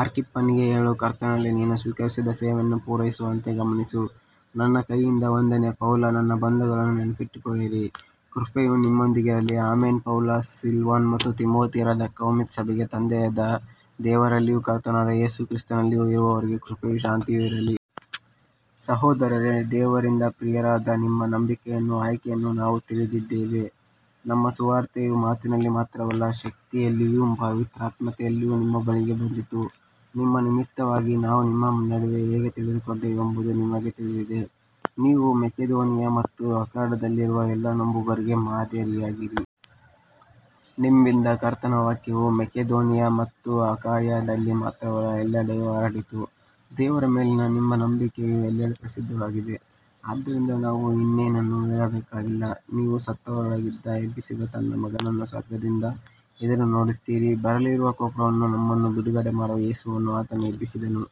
ಆರ್ಕಿಪ್ಪನಿಗೆ ಹೇಳು, ಕರ್ತನಲ್ಲಿ ನೀನು ಸ್ವೀಕರಿಸಿದ ಸೇವೆಯನ್ನು ಪೂರೈಸುವಂತೆ ಗಮನಿಸು. ನನ್ನ ಕೈಯಿಂದ ವಂದನೆ, ಪೌಲ. ನನ್ನ ಬಂಧನಗಳನ್ನು ನೆನಪಿಸಿಕೊಳ್ಳಿರಿ. ಕೃಪೆಯು ನಿಮ್ಮೊಂದಿಗಿರಲಿ. ಆಮೆನ್. ಪೌಲ, ಸಿಲ್ವಾನ ಮತ್ತು ತಿಮೊಥೆಯರು ಥೆಸಲೋನಿಕದ ಸಭೆಗೆ, ತಂದೆಯಾದ ದೇವರಲ್ಲಿಯೂ ಕರ್ತನಾದ ಯೇಸು ಕ್ರಿಸ್ತನಲ್ಲಿಯೂ ಇರುವವರಿಗೆ, ಕೃಪೆಯೂ ಶಾಂತಿಯೂ ಇರಲಿ. ಸಹೋದರರೇ, ದೇವರಿಂದ ಪ್ರಿಯರಾದ ನಿಮ್ಮ ನಂಬಿಕೆಯನ್ನೂ ಆಯ್ಕೆಯನ್ನೂ ನಾವು ತಿಳಿದಿದ್ದೇವೆ. ನಮ್ಮ ಸುವಾರ್ತೆಯು ಮಾತಿನಲ್ಲಿ ಮಾತ್ರವಲ್ಲ, ಶಕ್ತಿಯಲ್ಲಿಯೂ ಪವಿತ್ರಾತ್ಮನಲ್ಲಿಯೂ ನಿಮ್ಮ ಬಳಿಗೆ ಬಂದಿತು. ನಿಮ್ಮ ನಿಮಿತ್ತವಾಗಿ ನಾವು ನಿಮ್ಮ ನಡುವೆ ಹೇಗೆ ನಡೆದುಕೊಂಡೆವು ಎಂಬುದು ನಿಮಗೆ ತಿಳಿದಿದೆ. ನೀವು ಮಕೆದೋನಿಯ ಮತ್ತು ಅಖಾಯದಲ್ಲಿರುವ ಎಲ್ಲ ನಂಬುವವರಿಗೆ ಮಾದರಿಯಾದಿರಿ. ನಿಮ್ಮಿಂದ ಕರ್ತನ ವಾಕ್ಯವು ಮಕೆದೋನಿಯ ಮತ್ತು ಅಖಾಯದಲ್ಲಿ ಮಾತ್ರವಲ್ಲ, ಎಲ್ಲೆಡೆಯೂ ಹರಡಿತು. ದೇವರ ಮೇಲಿನ ನಿಮ್ಮ ನಂಬಿಕೆಯು ಎಲ್ಲೆಡೆ ಪ್ರಸಿದ್ಧವಾಗಿದೆ. ಆದ್ದರಿಂದ ನಾವು ಇನ್ನೇನನ್ನೂ ಹೇಳಬೇಕಾಗಿಲ್ಲ. ನೀವು ಸತ್ತವರೊಳಗಿಂದ ಎಬ್ಬಿಸಿದ ತನ್ನ ಮಗನನ್ನು ಸ್ವರ್ಗದಿಂದ ಎದುರುನೋಡುತ್ತೀರಿ. ಬರಲಿರುವ ಕೋಪದಿಂದ ನಮ್ಮನ್ನು ಬಿಡುಗಡೆ ಮಾಡುವ ಯೇಸುವನ್ನು ಆತನು ಎಬ್ಬಿಸಿದನು.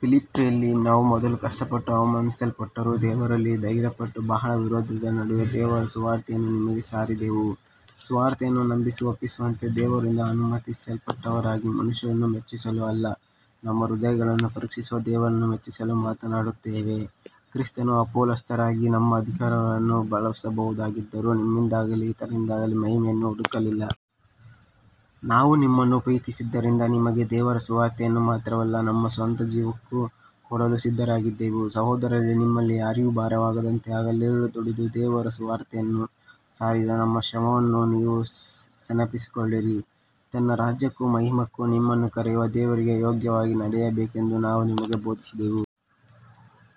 ಫಿಲಿಪ್ಪಿಯಲ್ಲಿ ನಾವು ಮೊದಲು ಕಷ್ಟಪಟ್ಟು ಅವಮಾನಿಸಲ್ಪಟ್ಟರೂ, ದೇವರಲ್ಲಿ ಧೈರ್ಯಪಟ್ಟು ಬಹಳ ವಿರೋಧದ ನಡುವೆ ದೇವರ ಸುವಾರ್ತೆಯನ್ನು ನಿಮಗೆ ಸಾರಿದೆವು. ಸುವಾರ್ತೆಯನ್ನು ನಂಬಿಸಿ ಒಪ್ಪಿಸುವಂತೆ ದೇವರಿಂದ ಅನುಮತಿಸಲ್ಪಟ್ಟವರಾಗಿ, ಮನುಷ್ಯರನ್ನು ಮೆಚ್ಚಿಸಲು ಅಲ್ಲ, ನಮ್ಮ ಹೃದಯಗಳನ್ನು ಪರೀಕ್ಷಿಸುವ ದೇವರನ್ನು ಮೆಚ್ಚಿಸಲು ಮಾತನಾಡುತ್ತೇವೆ. ಕ್ರಿಸ್ತನ ಅಪೊಸ್ತಲರಾಗಿ ನಮ್ಮ ಅಧಿಕಾರವನ್ನು ಬಳಸಬಹುದಾಗಿದ್ದರೂ ನಿಮ್ಮಿಂದಾಗಲಿ ಇತರರಿಂದಾಗಲಿ ಮಹಿಮೆಯನ್ನು ಹುಡುಕಲಿಲ್ಲ. ನಾವು ನಿಮ್ಮನ್ನು ಪ್ರೀತಿಸಿದ್ದರಿಂದ ನಿಮಗೆ ದೇವರ ಸುವಾರ್ತೆಯನ್ನು ಮಾತ್ರವಲ್ಲ, ನಮ್ಮ ಸ್ವಂತ ಜೀವವನ್ನೂ ಕೊಡಲು ಸಿದ್ಧರಾಗಿದ್ದೆವು. ಸಹೋದರರೇ, ನಿಮ್ಮಲ್ಲಿ ಯಾರಿಗೂ ಭಾರವಾಗದಂತೆ ಹಗಲಿರುಳು ದುಡಿದು ದೇವರ ಸುವಾರ್ತೆಯನ್ನು ಸಾರಿದ ನಮ್ಮ ಶ್ರಮವನ್ನು ನೀವು ನೆನಪಿಸಿಕೊಳ್ಳುತ್ತೀರಿ. ತನ್ನ ರಾಜ್ಯಕ್ಕೂ ಮಹಿಮಕ್ಕೂ ನಿಮ್ಮನ್ನು ಕರೆಯುವ ದೇವರಿಗೆ ಯೋಗ್ಯವಾಗಿ ನಡೆಯಬೇಕೆಂದು ನಾವು ನಿಮಗೆ ಬೋಧಿಸಿದೆವು.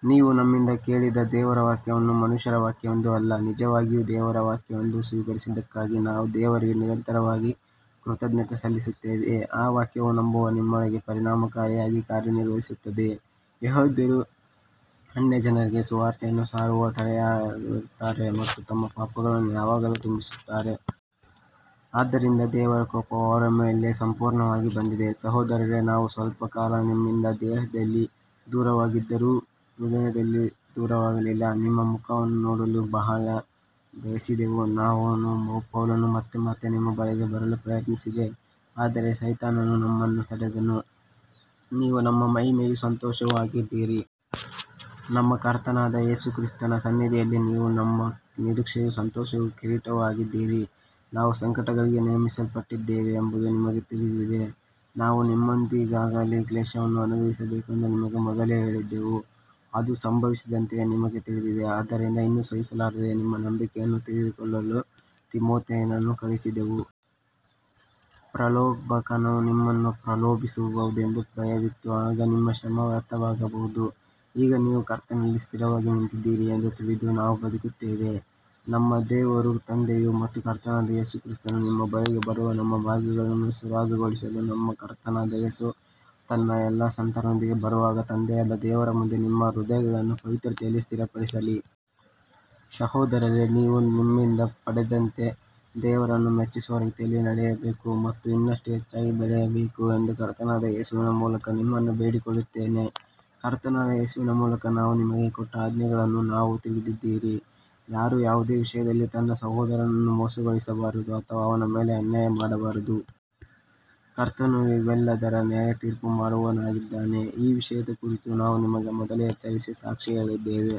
ನೀವು ನಮ್ಮಿಂದ ಕೇಳಿದ ದೇವರ ವಾಕ್ಯವನ್ನು ಮನುಷ್ಯರ ವಾಕ್ಯವೆಂದು ಅಲ್ಲ, ನಿಜವಾಗಿಯೂ ದೇವರ ವಾಕ್ಯವೆಂದು ಸ್ವೀಕರಿಸಿದ್ದಕ್ಕಾಗಿ ನಾವು ದೇವರಿಗೆ ನಿರಂತರವಾಗಿ ಕೃತಜ್ಞತೆ ಸಲ್ಲಿಸುತ್ತೇವೆ. ಆ ವಾಕ್ಯವು ನಂಬುವ ನಿಮ್ಮೊಳಗೆ ಪರಿಣಾಮಕಾರಿಯಾಗಿ ಕಾರ್ಯನಿರ್ವಹಿಸುತ್ತದೆ. ಯೆಹೂದ್ಯರು ಅನ್ಯಜನರಿಗೆ ಸುವಾರ್ತೆಯನ್ನು ಸಾರುವುದನ್ನು ತಡೆಯುತ್ತಾರೆ ಮತ್ತು ತಮ್ಮ ಪಾಪಗಳನ್ನು ಯಾವಾಗಲೂ ತುಂಬಿಸುತ್ತಾರೆ. ಆದ್ದರಿಂದ ದೇವರ ಕೋಪವು ಅವರ ಮೇಲೆ ಸಂಪೂರ್ಣವಾಗಿ ಬಂದಿದೆ. ಸಹೋದರರೇ, ನಾವು ಸ್ವಲ್ಪಕಾಲ ನಿಮ್ಮಿಂದ ದೇಹದಲ್ಲಿ ದೂರವಾಗಿದ್ದರೂ ಹೃದಯದಲ್ಲಿ ದೂರವಾಗಿರಲಿಲ್ಲ. ನಿಮ್ಮ ಮುಖವನ್ನು ನೋಡಲು ಬಹಳವಾಗಿ ಬಯಸಿದೆವು. ನಾನು ಪೌಲನು ಮತ್ತೆ ಮತ್ತೆ ನಿಮ್ಮ ಬಳಿಗೆ ಬರಲು ಪ್ರಯತ್ನಿಸಿದೆ, ಆದರೆ ಸೈತಾನನು ನಮ್ಮನ್ನು ತಡೆದನು. ನೀವು ನಮ್ಮ ಮಹಿಮೆಯೂ ಸಂತೋಷವೂ ಆಗಿದ್ದೀರಿ. ನಮ್ಮ ಕರ್ತನಾದ ಯೇಸು ಕ್ರಿಸ್ತನ ಸನ್ನಿಧಿಯಲ್ಲಿ ನೀವು ನಮ್ಮ ನಿರೀಕ್ಷೆಯೂ ಸಂತೋಷವೂ ಕಿರೀಟವೂ ಆಗಿದ್ದೀರಿ. ನಾವು ಸಂಕಟಗಳಿಗೆ ನೇಮಿಸಲ್ಪಟ್ಟಿದ್ದೇವೆ ಎಂಬುದು ನಿಮಗೆ ತಿಳಿದಿದೆ. ನಾವು ನಿಮ್ಮೊಂದಿಗಿದ್ದಾಗಲೇ ಕ್ಲೇಶವನ್ನು ಅನುಭವಿಸಬೇಕೆಂದು ನಿಮಗೆ ಮೊದಲೇ ಹೇಳಿದ್ದೆವು, ಅದು ಸಂಭವಿಸಿದಂತೆಯೇ ನಿಮಗೆ ತಿಳಿದಿದೆ. ಆದ್ದರಿಂದ ಇನ್ನು ಸಹಿಸಲಾರದೆ ನಿಮ್ಮ ನಂಬಿಕೆಯನ್ನು ತಿಳಿದುಕೊಳ್ಳಲು ತಿಮೊಥೆಯನನ್ನು ಕಳುಹಿಸಿದೆವು. ಪ್ರಲೋಭಕನು ನಿಮ್ಮನ್ನು ಪ್ರಲೋಭಿಸಿರಬಹುದೆಂಬ ಭಯವಿತ್ತು, ಆಗ ನಮ್ಮ ಶ್ರಮ ವ್ಯರ್ಥವಾಗಬಹುದು. ಈಗ ನೀವು ಕರ್ತನಲ್ಲಿ ಸ್ಥಿರವಾಗಿ ನಿಂತಿದ್ದೀರಿ ಎಂದು ತಿಳಿದು ನಾವು ಬದುಕುತ್ತೇವೆ. ನಮ್ಮ ದೇವರೂ ತಂದೆಯೂ ಮತ್ತು ನಮ್ಮ ಕರ್ತನಾದ ಯೇಸು ಕ್ರಿಸ್ತನೂ ನಿಮ್ಮ ಬಳಿಗೆ ಬರುವ ನಮ್ಮ ಮಾರ್ಗವನ್ನು ಸರಾಗಗೊಳಿಸಲಿ. ನಮ್ಮ ಕರ್ತನಾದ ಯೇಸು ತನ್ನ ಎಲ್ಲಾ ಸಂತರೊಂದಿಗೆ ಬರುವಾಗ, ತಂದೆಯಾದ ದೇವರ ಮುಂದೆ ನಿಮ್ಮ ಹೃದಯಗಳನ್ನು ಪವಿತ್ರತೆಯಲ್ಲಿ ಸ್ಥಿರಪಡಿಸಲಿ. ಸಹೋದರರೇ, ನೀವು ನಮ್ಮಿಂದ ಪಡೆದಂತೆ ದೇವರನ್ನು ಮೆಚ್ಚಿಸುವ ರೀತಿಯಲ್ಲಿ ನಡೆಯಬೇಕು ಮತ್ತು ಇನ್ನಷ್ಟು ಹೆಚ್ಚಾಗಿ ಬೆಳೆಯಬೇಕು ಎಂದು ಕರ್ತನಾದ ಯೇಸುವಿನ ಮೂಲಕ ನಿಮ್ಮನ್ನು ಬೇಡಿಕೊಳ್ಳುತ್ತೇವೆ. ಕರ್ತನಾದ ಯೇಸುವಿನ ಮೂಲಕ ನಾವು ನಿಮಗೆ ಕೊಟ್ಟ ಆಜ್ಞೆಗಳನ್ನು ನೀವು ತಿಳಿದಿದ್ದೀರಿ. ಯಾರೂ ಯಾವುದೇ ವಿಷಯದಲ್ಲಿ ತನ್ನ ಸಹೋದರನನ್ನು ಮೋಸಗೊಳಿಸಬಾರದು ಅಥವಾ ಅವನ ಮೇಲೆ ಅನ್ಯಾಯ ಮಾಡಬಾರದು. ಕರ್ತನು ಇವೆಲ್ಲದರ ನ್ಯಾಯತೀರ್ಪು ಮಾಡುವವನಾಗಿದ್ದಾನೆ. ಈ ವಿಷಯದ ಕುರಿತು ನಾವು ನಿಮಗೆ ಮೊದಲೇ ಎಚ್ಚರಿಸಿ ಸಾಕ್ಷಿ ಹೇಳಿದ್ದೇವೆ.